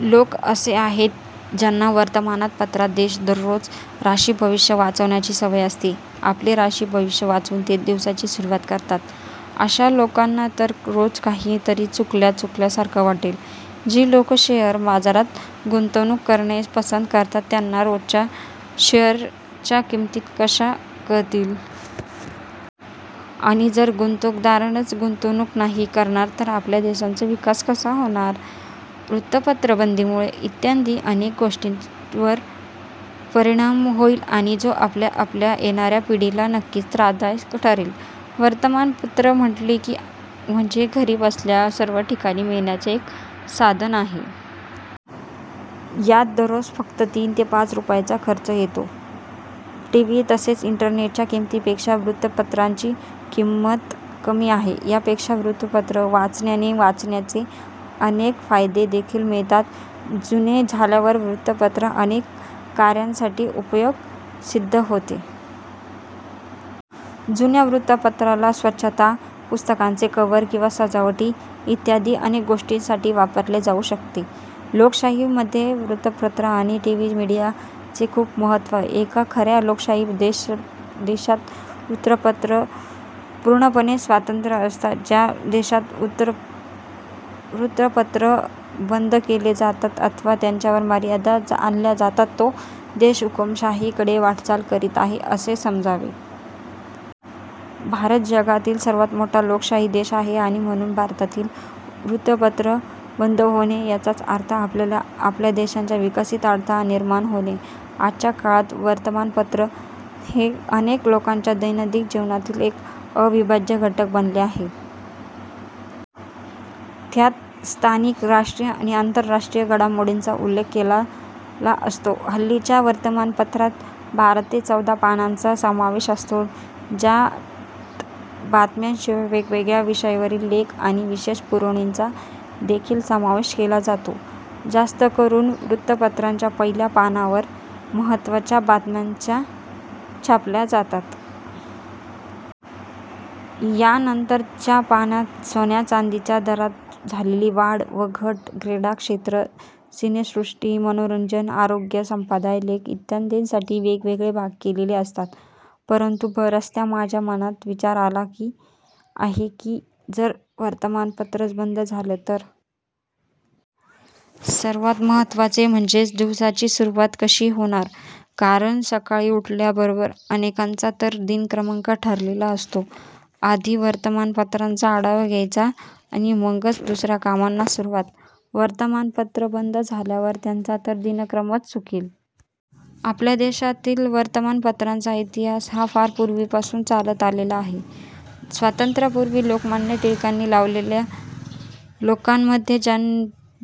लोक असे आहेत ज्यांना वर्तमान पत्रात दररोज राशी भविष्य वाचण्याची सवय असते. आपले राशी भविष्य वाचूनच ते दिवसाची सुरुवात करतात. आशा लोकांना तर रोज काही तरी चुकल्या चुकल्यासारखं वाटेल. जी लोकं शेअर बाजारात गुंतवणूक करणे पसंत करतात त्यांना रोजच्या शेअर च्या किमती कश्या कळतील? आणि जर गुंतवणूकदार गुंतवणूक नाही करणार तर आपल्या देशाचा विकास कसा होणार? वृत्तपत्र बंदीमुळे इत्यादि अनेक गोष्टींवर परिणाम होईल जो आपल्या व आपल्या येणाऱ्या पिढीला नक्कीच त्रासदायक ठरेल. वर्तमान पत्र म्हटली म्हणजे घरी बसल्या सर्व माहिती मिळण्याचे एक साधन आहे. ज्यात दररोज फक्त तीन ते पाच रुपयाचा खर्च येतो. टीव्ही तसेच इंटरनेट च्या किमितीपेक्षा वृत्तपत्राची किंमत कमी आहे. याशिवाय वृत्तपत्र वाचनाने वाचनाचे अनेक फायदे देखील मिळतात. जूने झाल्यावरही वृत्तपत्र अनेक काऱ्यांसाठी उपयोगी सिद्ध होते. जुन्या वृत्तपत्राला स्वच्छता, पुस्तकाचे कवर, सजावट इत्यादि अनेक गोष्टींसाठी वापरले जाऊ शकते. लोकशाही मध्ये वृत्तपत्र आणि टीव्ही मीडिया चे महत्व खूप आहे. एक खऱ्या लोकशाही देशात वृत्तपत्र पूर्णपणे स्वतंत्र असतात. ज्या देशात वृत्तपत्र बंद केले जातात अथवा त्यांच्यावर मर्यादा आणल्या जातात तो देश हुकुमशाही कडे वाटचाल करीत आहे असे समजावे. भारत जगातील सर्वात मोठा लोकशाही देश आहे आणि म्हणून भारतातील वृत्तपत्र बंद होणे याचाच अर्थ आपल्या व आपल्या देशाच्या विकासात अडथळा निर्माण होणे आहे. आजच्या काळात वर्तमान पत्र हे अनेक लोकांच्या दैनंदिन जीवनातील एक अविभाज्य घटक बनले आहे. त्यात स्थानिक, राष्ट्रीय आणि आंतरराष्ट्रीय घडामोडींचा उल्लेख केलेला असतो. हल्लीच्या वर्तमान पत्रात बारा ते चौदा पानांचा समावेश असतो. ज्यात बातम्या शिवाय वेगवेगळ्या विषयांवरील लेख आणि विशेष पुरवणीचा देखील समावेश केला जातो. जास्तकरून वृत्तपत्राच्या पहिल्या पानावर महत्त्वाच्या बातम्याचा छापल्या जातात. यानंतर च्या पानात सोन्या चांदीच्या दरात झालेली वाढ व घट, क्रीडाक्षेत्र, सिनेसृष्टी, मनोरंजन, आरोग्य, संपादकीय लेख इत्यादींसाठी वेगवेगळे भाग केलेले असतात. परंतु बऱ्याचदा माझ्या मनात विचार आला आहे की जर ही वर्तमान पत्रच बंद झाली तर.... सर्वात महत्वाचे म्हणजे दिवसाची सुरुवात कशी होणार? कारण सकाळी उठल्याबरोबर अनेकांचा तर दिनक्रम ठरलेला असतो, आधी वर्तमान पत्राचा आढावा घ्यायचा आणि मग दुसऱ्या कामांना सुरुवात. वर्तमान पत्र बंद झाल्यावर त्यांचा तर दिनक्रमच चुकेल.... आपल्या देशातील वर्तमान पत्राचा इतिहास हा फार पूर्वी पासून चालत आला आहे, स्वातंत्र्यापूर्वी लोकमान्य टिळकांनी लोकांमध्ये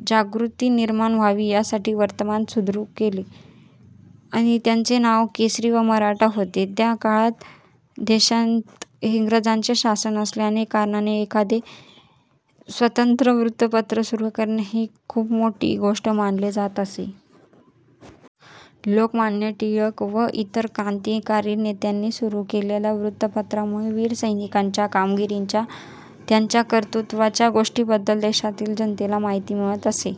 जागृती निर्माण व्हावी यासाठी वर्तमान पत्र सुरु केली त्यांचे नाव केसरी व मराठा होते. त्या काळात देशात इंग्रजांचे शासन असल्या कारणाने एखादे स्वतंत्र वृत्तपत्र सुरु करणे ही खूप मोठी गोष्ट मानली जात असे. लोकमान्य टिळक व इतर क्रांतिकारी नेत्यांनी सुरू केलेल्या वृत्तपत्रामुळे वीर सैनिकांच्या कामगिरीच्या, त्यांच्या कर्तृत्वाच्या गोष्टींबद्दल देशातील जनतेला माहिती मिळत असे.